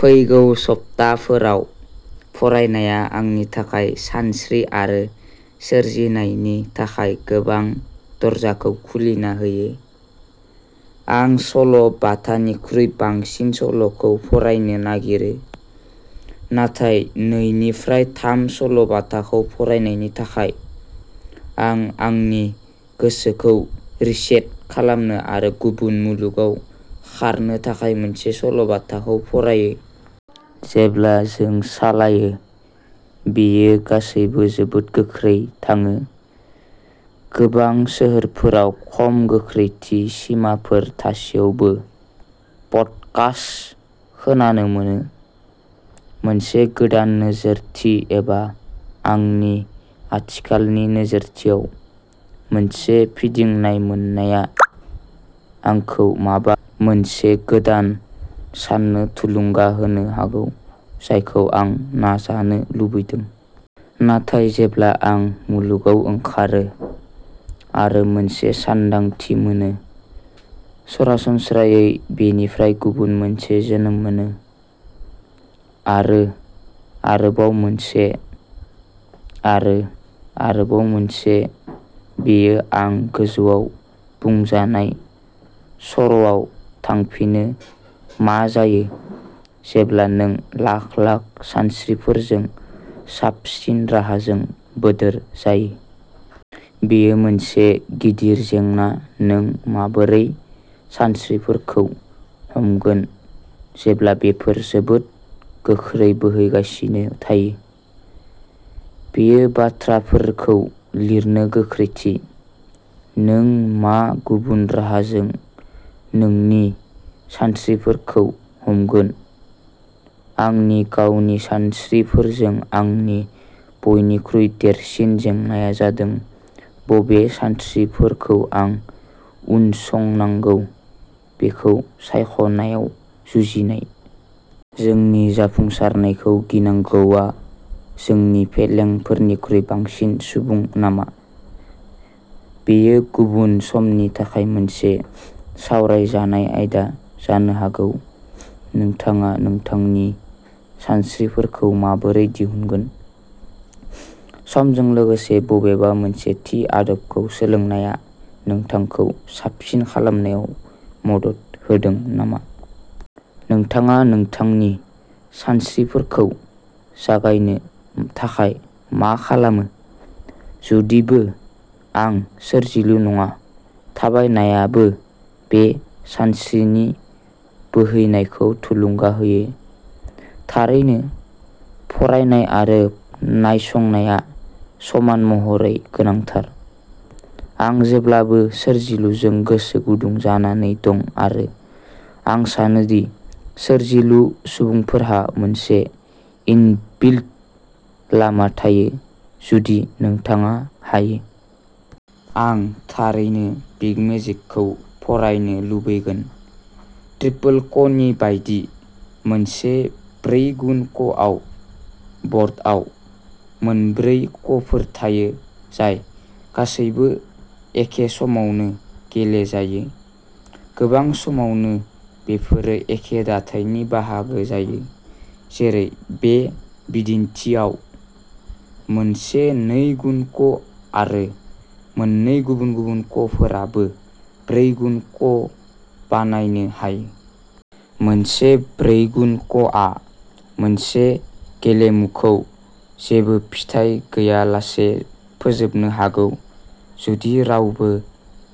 फैगौ सप्ताफोराव फरायनाया आंनि थाखाय सानस्रि आरो सोरजिनायनि थाखाय गोबां दरजाखौ खुलि होयो। आं सल'-बाथानिख्रुइ बांसिन सल'खौ फरायनो नागिरो, नाथाय नैनिफ्राय थाम सल'बाथाखौ फरायनायनि थाखाय, आं आंनि गोसोखौ रिसेट खालामनो आरो गुबुन मुलुगाव खारनो थाखाय मोनसे सल'बाथाखौ फरायो। जेब्ला जों सालायो, बेयो गासैबो जोबोद गोख्रै थाङो, गोबां सोहोरफोराव खम गोख्रैथि सिमाफोर थासेयावबो पडकास्ट खोनानो मोनो। मोनसे गोदान नोजोरथि एबा आंनि आथिखालनि नोजोरथियाव मोनसे फिदिंनाय मोननाया आंखौ माबा मोनसे गोदान साननो थुलुंगा होनो हागौ जायखौ आं नाजानो लुबैदों। नाथाय जेब्ला आं मुलुगाव ओंखारो, आरो मोनसे सानदांथि मोनो, सरासनस्रायै बेनिफ्राय गुबुन मोनसे जोनोम मोनो। आरो आरोबाव मोनसे। आरो आरोबाव मोनसे बेयो आं गोजौआव बुंजानाय सर'आव थांफिनो मा जायो जेब्ला नों लाख-लाख सानस्रिफोरजों साबसिन राहाजों बोदोर जायो? बेयो मोनसे गिदिर जेंना नों माबोरै सानस्रिफोरखौ हमगोन जेब्ला बेफोर जोबोद गोख्रै बोहैगासिनो थायो? बेयो बाथ्राफोरखौ लिरनो गोख्रैथि। नों मा गुबुन राहाजों नोंनि सानस्रिफोरखौ हमगोन? आंनि गावनि सानस्रिफोरजों आंनि बयनिख्रुइ देरसिन जेंनाया जादों बबे सानस्रिफोरखौ आं उनसंनांगौ बेखौ सायख'नायाव जुजिनाय। जोंनि जाफुंसारनायखौ गिनांगौआ जोंनि फेलेंफोरनिख्रुइ बांसिन सुबुं नामा? बेयो गुबुन समनि थाखाय मोनसे सावरायजानाय आयदा जानो हागौ नोंथाङा नोंथांनि सानस्रिफोरखौ माबोरै दिहुनगोन? समजों लोगोसे बबेबा मोनसे थि आदबखौ सोलोंनाया नोंथांखौ साबसिन खालामनायाव मदद होदों नामा? नोंथाङा नोंथांनि सानस्रिफोरखौ जागायनो थाखाय मा खालामो? जुदिबो आं सोरजिलु नङा थाबायनायाबो बे सानस्रिनि बोहैनायखौ थुलुंगा होयो। थारैनो, फरायनाय आरो नायसंनाया समान महरै गोनांथार। आं जेब्लाबो सोरजिलुजों गोसो गुदुं जानानै दं आरो आं सानो दि सोरजिलु सुबुंफोरहा मोनसे इनबिल्ट लामा थायो जुदि नोंथाङा हायो। आं थारैनो बिग मेजिकखौ फरायनो लुबैगोन। ट्रिपल क'नि बायदि, मोनसे ब्रैगुन क'आव बर्डआव मोनब्रै क'फोर थायो जाय गासैबो एखे समावनो गेलेजायो। गोबां समावनो बेफोरो एखे दाथायनि बाहागो जायो, जेरै बे बिदिन्थिआव। मोनसे नैगुन क'आरो मोननै गुबुन-गुबुन क'फोराबो ब्रैगुन क'बानायनो हायो। मोनसे ब्रैगुन क'आ मोनसे गेलेमुखौ जेबो फिथाय गैयालासे फोजोबनो हागौ जुदि रावबो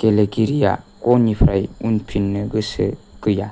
गेलेगिरिया क'निफ्राय उनफिननो गोसो गैया।